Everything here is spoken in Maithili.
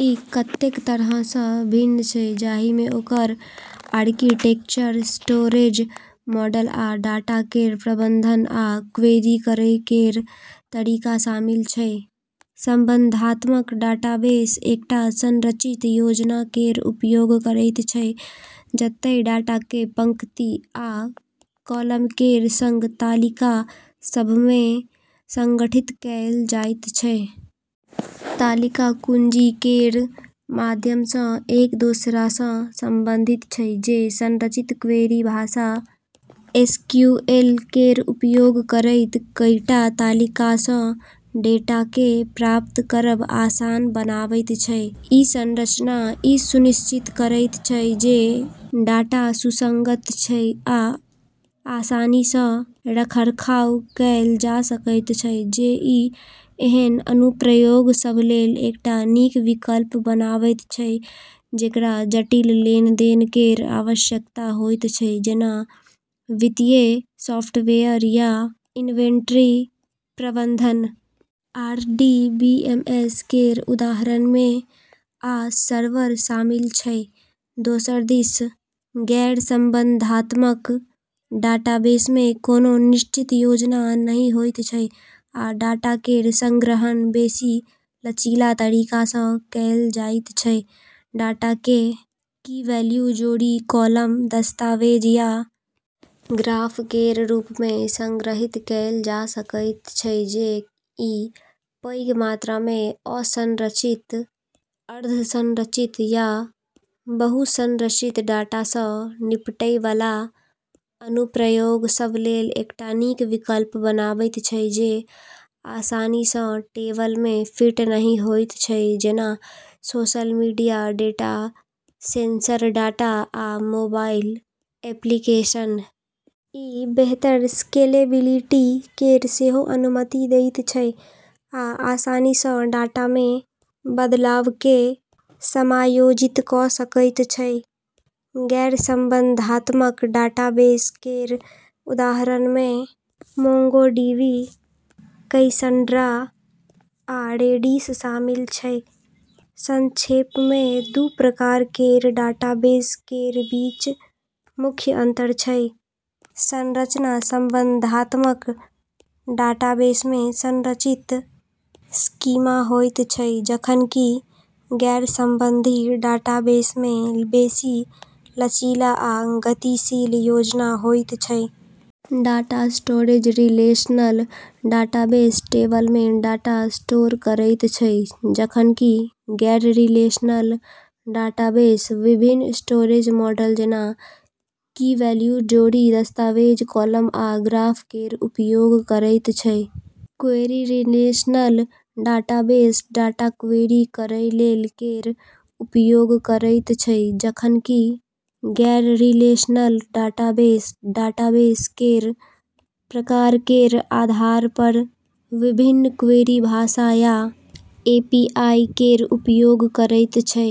ई कतेक तरहसँ भिन्न छै जाहिमे ओकर आर्किटेक्चर स्टोरेज मॉडल आ डाटा केर प्रबंधन आ क्वेरी करै केर तरीका शामिल छै। संबंधात्मक डाटाबेस एकटा संरचित योजना केर उपयोग करैत छै जतए डाटाकेँ पंक्ति आ कॉलम केर संग तालिका सभमे संगठित कएल जाइत छै। तालिका कुंजी केर माध्यमसँ एक दोसरासँ संबंधित छै जे संरचित क्वेरी भाषा एसक्यूएल केर उपयोग करैत कईटा तालिकासँ डेटाकेँ प्राप्त करब आसान बनाबैत छै। ई संरचना ई सुनिश्चित करैत छै जे डाटा सुसंगत छै आ आसानीसँ रखरखाव कएल जा सकैत छै जे ई एहन अनुप्रयोग सभ लेल एकटा नीक विकल्प बनाबैत छै जेकरा जटिल लेनदेन केर आवश्यकता होइत छै जेना वित्तीय सॉफ्टवेयर या इन्वेंट्री प्रबंधन। आरडीबीएमएस केर उदाहरणमे आ सर्वर शामिल छै। दोसर दिस गैरसंबंधात्मक डाटाबेसमे कोनो निश्चित योजना नहि होइत छै आ डाटा केर संग्रहण बेसी लचीला तरीकासँ कएल जाइत छै। डाटाकेँ कीवैल्यू जोड़ी कॉलम दस्तावेज या ग्राफ केर रूपमे संग्रहीत कएल जा सकैत छै जे ई पैघ मात्रामे असंरचित अर्धसंरचित या बहुसंरचित डाटासँ निपटैवाला अनुप्रयोग सभ लेल एकटा नीक विकल्प बनाबैत छै जे आसानीसँ टेबलमे फिट नहि होइत छै जेना social media data sensor data आ मोबाइल एप्लीकेशन। ई बेहतर स्केलेबिलिटी केर सेहो अनुमति दैत छै आ आसानीसँ डाटामे बदलावकेँ समायोजित कऽ सकैत छै। गैरसंबंधात्मक डाटाबेस केर उदाहरणमे मोंगोडीबी कैसंड्रा आ रेडिस शामिल छै। संक्षेपमे दू प्रकार केर डाटाबेस केर बीच मुख्य अंतर छै संरचना संबंधात्मक डाटाबेसमे संरचित स्कीमा होइत छै जखन कि गैरसंबंधी डाटाबेसमे बेसी लचीला आ गतिशील योजना होइत छै। डाटा स्टोरेज रिलेशनल डाटाबेस टेबलमे डाटा स्टोर करैत छै जखन कि गैररिलेशनल डाटाबेस विभिन्न स्टोरेज मॉडल जेना कीवैल्यू जोड़ी दस्तावेज कॉलम आ ग्राफ केर उपयोग करैत छै। Query relational database data query करै लेल केर उपयोग करैत छै जखन कि गैररिलेशनल डाटाबेस डाटाबेस केर प्रकार केर आधारपर विभिन्न क्वेरी भाषा या एपीआई केर उपयोग करैत छै।